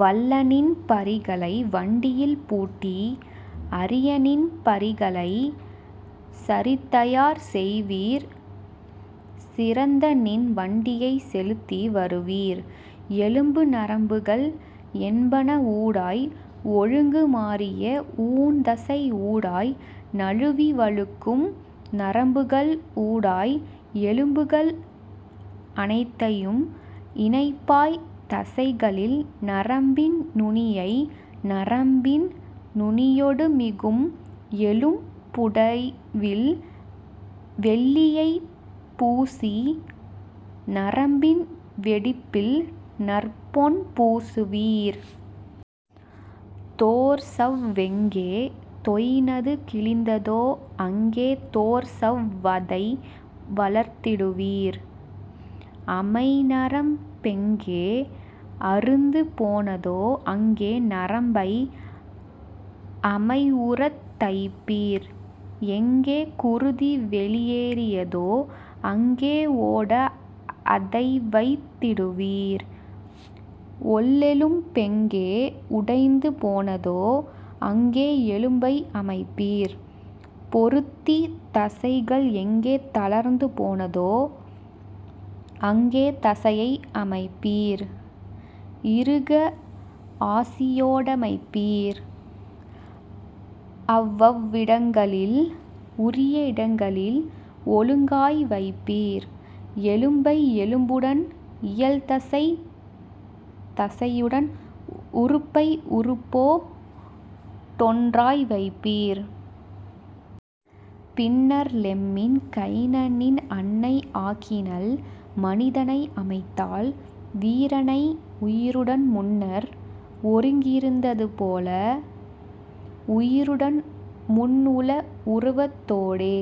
வல்லநின் பரிகளை வண்டியில் பூட்டி அரியநின் பரிகளை சரித்தயார் செய்வீர் சிறந்தநின் வண்டியைச் செலுத்தி வருவீர் எலும்பு நரம்புகள் என்பன ஊடாய் ஒழுங்கு மாறிய ஊன்தசை ஊடாய் நழுவி வழுக்கும் நரம்புகள் ஊடாய்; எலும்புகள் அனைத்தையும் இணைப்பாய் தசைகளில் நரம்பின் நுனியை நரம்பின் நுனியொடு மிகும்எலும் புடைவில் வெள்ளியைப் பூசி நரம்பின் வெடிப்பில் நற்பொன் பூசுவீர். தோற்சவ் வெங்கே தொய்நது கிழிந்ததோ அங்கே தோற்சவ் வதைவளர்த் திடுவீர் அமைநரம் பெங்கே அறுந்து போனதோ அங்கே நரம்பை அமைவுறத் தைப்பீர் எங்கே குருதி வெளியே றியதோ அங்கே ஓட அதைவைத் திடுவீர் ஒள்ளெலும் பெங்கே உடைந்து போனதோ அங்கே எலும்பை அமைப்பீர் பொருத்தி தசைகள் எங்கே தளர்ந்து போனதோ அங்கே தசையை அமைப்பீர் இறுக ஆசியோ டமைப்பீர் அவ்வவ் விடங்களில் உரிய இடங்களில் ஒழுங்காய் வைப்பீர் எலும்பை எலும்புடன் இயல்தசை தசையுடன் உறுப்பை உறுப்போ டொன்றாய் வைப்பீர். " பின்னர் லெம்மின் கைனனின் அன்னை ஆக்கினள் மனிதனை அமைத்தாள் வீரனை உயிருடன் முன்னர் ஒருங்கிருந் ததுபோல உயிருடன் முன்உள உருவத் தோடே.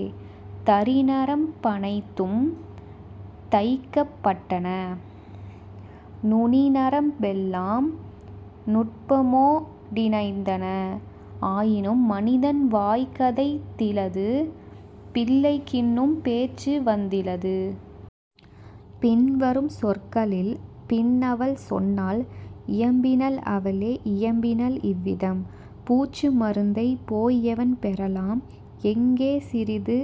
தரிநரம் பனைத்தும் தைக்கப் பட்டன நுனிநரம் பெல்லாம் நுட்பமோ டிணைந்தன ஆயினும் மனிதன் வாய்கதைத் திலது பிள்ளைக் கின்னும் பேச்சுவந் திலது. பின்வரும் சொற்களில் பின்அவள் சொன்னாள் இயம்பினள் அவளே இயம்பினள் இவ்விதம்: "பூச்சு மருந்தைப் போய்எவண் பெறலாம் எங்கே சிறிது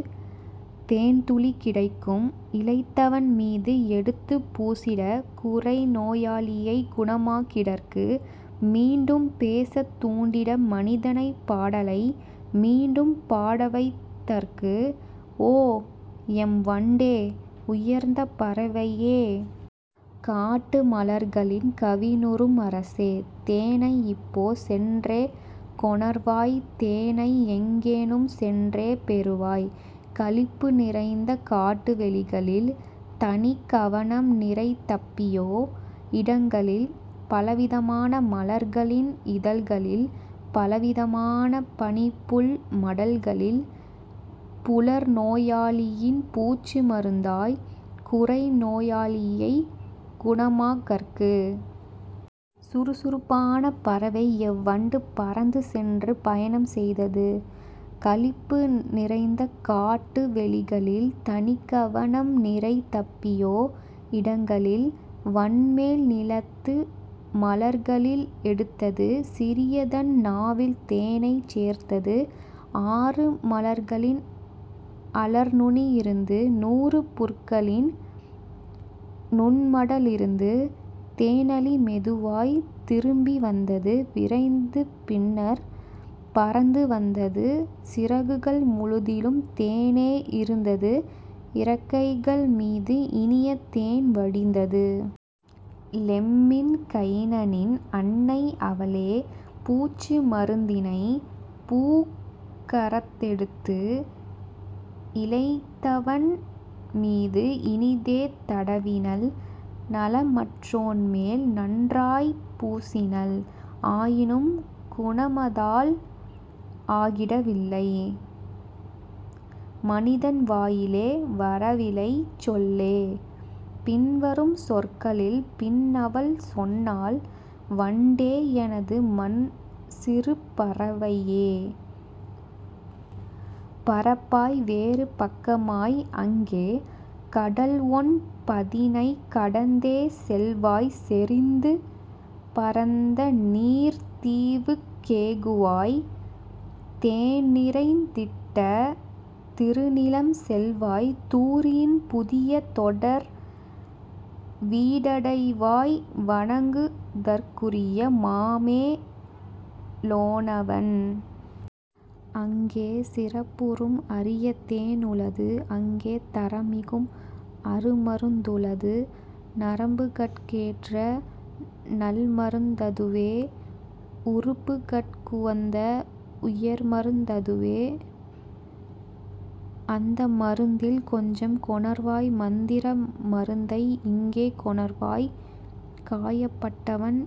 தேன்துளி கிடைக்கும் இளைத்தவன் மீது எடுத்துப் பூசிட குறைநோ யாளியைக் குணமாக் கிடற்கு மீண்டும் பேசத் தூண்டிட மனிதனை பாடலை மீண்டும் பாடவைத் தற்கு? ஓ, எம் வண்டே, உயர்ந்த பறவையே! காட்டு மலர்களின் கவினுறும் அரசே! தேனை இப்போ சென்றே கொணர்வாய் தேனைஎங் கேனும் சென்றே பெறுவாய் களிப்பு நிறைந்த காட்டு வெளிகளில் தனிக்கவ னம்நிறை தப்பியோ இடங்களில் பலவிதமான மலர்களின் இதழ்களில் பலவித மான பனிப்புல் மடல்களில் புலர்நோ யாளியின் பூச்சு மருந்தாய் குறைநோ யாளியைக் குணமாக் கற்கு. " சுறுசுறுப் பான பறவையவ் வண்டு பறந்து சென்று பயணம் செய்தது களிப்பு நிறைந்த காட்டு வெளிகளில் தனிக்கவ னம்நிறை தப்பியோ இடங்களில் வன்மேல் நிலத்து மலர்களில் எடுத்தது சிறியதன் நாவில் தேனைச் சேர்த்தது ஆறு மலர்களின் அலர்நுனி யிருந்து நூறு புற்களின் நுண்மட லிருந்து; தேனளி மெதுவாய்த் திரும்பி வந்தது விரைந்து பின்னர் பறந்து வந்தது சிறகுகள் முழுதிலும் தேனே இருந்தது இறக்கைகள் மீது இனியதேன் வடிந்தது. லெம்மின் கைனனின் அன்னை அவளே பூச்சு மருந்தினைப் பூக்கரத் தெடுத்து இளைத்தவன் மீது இனிதே தடவினள் நலமற் றோன்மேல் நன்றாய்ப் பூசினள்; ஆயினும் குணமதால் ஆகிட வில்லை மனிதன் வாயிலே வரவிலைச் சொல்லே. பின்வரும் சொற்களில் பின்அவள் சொன்னாள்! "வண்டே, எனது மன்சிறு பறவையே! பறப்பாய் வேறு பக்கமாய் அங்கே கடல்ஒன் பதினைக் கடந்தே செல்வாய் செறிந்து பரந்தநீர்த் தீவுக் கேகுவாய் தேன்நிறைந் திட்ட திருநிலம் செல்வாய் தூரியின் புதிய தொடர்வீ டடைவாய் வணங்குதற் குரிய மாமே லோனவன். அங்கே சிறப்புறும் அரியதேன் உளது அங்கே தரமிகும் அருமருந் துளது நரம்புகட் கேற்ற நல்மருந் ததுவே உறுப்புகட் குவந்த உயர்மருந் ததுவே; அந்த மருந்தில் கொஞ்சம் கொணர்வாய் மந்திர மருந்தை இங்கே கொணர்வாய் காயப் பட்டவன்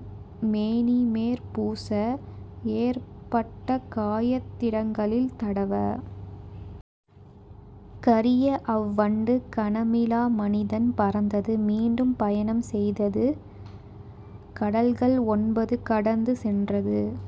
மேனிமேற் பூச ஏற்பட்ட காயத் திடங்களில் தடவ. " கரியஅவ் வண்டு கனமிலா மனிதன் பறந்தது மீண்டும் பயணம் செய்தது கடல்கள் ஒன்பது கடந்து சென்றது